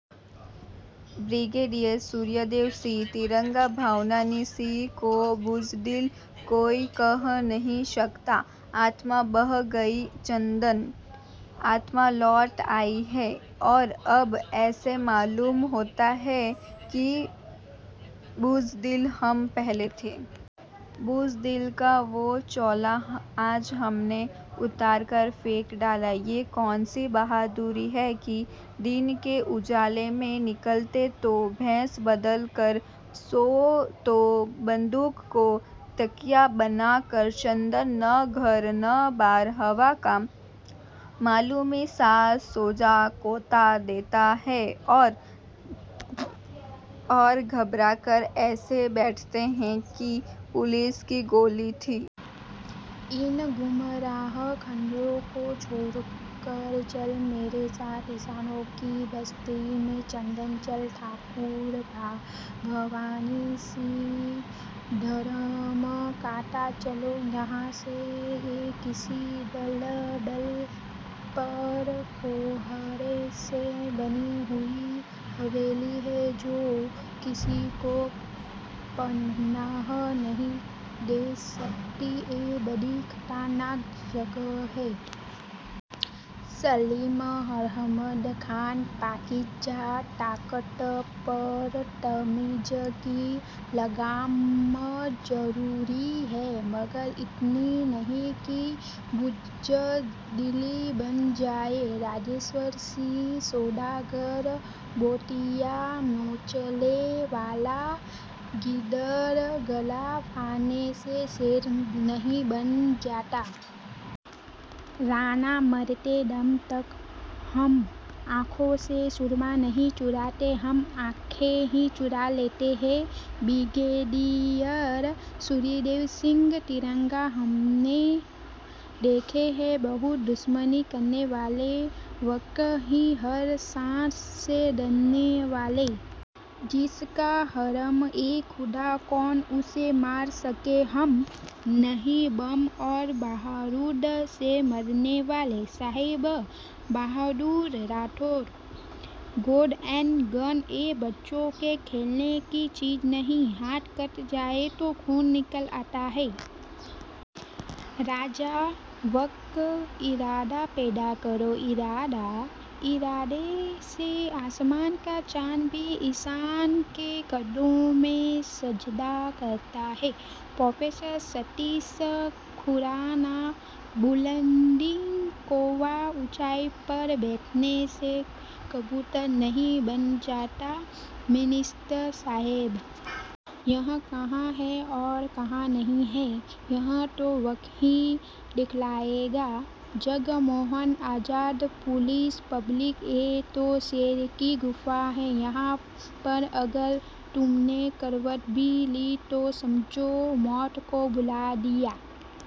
– Brigadier સૂર્યદેવ સિંહ, તિરંગા ભવાની સિંહ કો બુઝદિલ કોઈ કહ નહીં સકતા! આત્મા બહ નહીં ગઈ ચંદન, આત્મા લૌટ આઈ હૈ. ઔર અબ ઐસે માલૂમ હોતા હૈ કિ બુઝદિલ હમ પહેલે થે. બુઝદિલી કા વો ચોલા આજ હમને ઉતારકર ફેંક ડાલા. યે કૌન સી બહાદુરી હૈ કિ દિન કે ઉજાલે મેં નિકલે તો ભેસ બદલ કર. સોઓ તો બંદૂક કો તકિયા બના કર. ચંદન, ન ઘર ન બાર, હવા કા મામૂલી સા ઝોકા ચૌકા દેતા હે ઔર ગભરાકર ઐસે બૈઠતે હૈ કી પુલિસ કી ગોલી થી. ઇન ગુમરાહ ખંડરો કો છોડકર ચલ મેરે સાથ, ઇંસાનો કી બસ્તી મેં ચંદન, ચલ. – ઠાકુર ભવાની સિંહ, ધરમ કાંટા ચલો યહાં સે યે કિસી દલદલ પર કોહરે સે બની હુઈ હવેલી હૈ જો કિસી કો પનાહ નહીં દે સકતી, યે બડી ખતરનાક જગહ હૈ. – સલીમ અહમદ ખાન, પાકીઝા તાકત પર તમીઝ કી લગામ ઝરુરી હૈ, મગર ઇતની નહીં કિ બુઝદિલી બન જાએ. – રાજેશ્વર સિંહ, સૌદાગર બોટિયાં નોચને વાલા ગિદડ, ગલા ફાડને સે શેર નહીં બન જાતા. – રાણા, મરતે દમ તક હમ આંખો સે સુરમા નહીં ચુરાતે, હમ આંખે હી ચુરા લેતે હૈ. – બ્રિગેડિયર સૂર્યદેવ સિંહ, તિરંગા હમને દેખે હૈ બહુત દુશ્મની કરને વાલે, વક્ત કી હર સાંસ સે ડરને વાલે. જિસકા હરમ-એ-ખુદા, કૌન ઉસે માર સકે, હમ નહીં બમ ઔર બારુદ સે મરને વાલે. – Sahab Bahadur Rathod, God and Gun યે બચ્ચો કે ખેલને કી ચીઝ નહીં, હાથ કટ જાયે તો ખૂન નિકલ આતા હૈ. – રાજા, વક્ત ઇરાદા પૈદા કરો ઈરાદા, ઇરાદે સે આસમાન કા ચાંદ ભી ઇંસાન કે કદમો મેં સજદા કરતા હૈ. – પ્રોફેસર સતીશ ખુરાના, બુલંદી કૌવા ઊંચાઈ પર બૈઠને સે કબૂતર નહીં બન જાતા મિનિસ્ટર સાહબ! યહ ક્યા હૈ ઔર ક્યા નહીં હૈ, યહ તો વક્ત હી દિખલાએગા. – જગમોહન આઝાદ, પુલિસ પબ્લિક યે તો શેર કી ગુફા હૈ. યહાં પર અગર તુમને કરવટ ભી લી તો સમજો મૌત કો બુલાવા દિયા.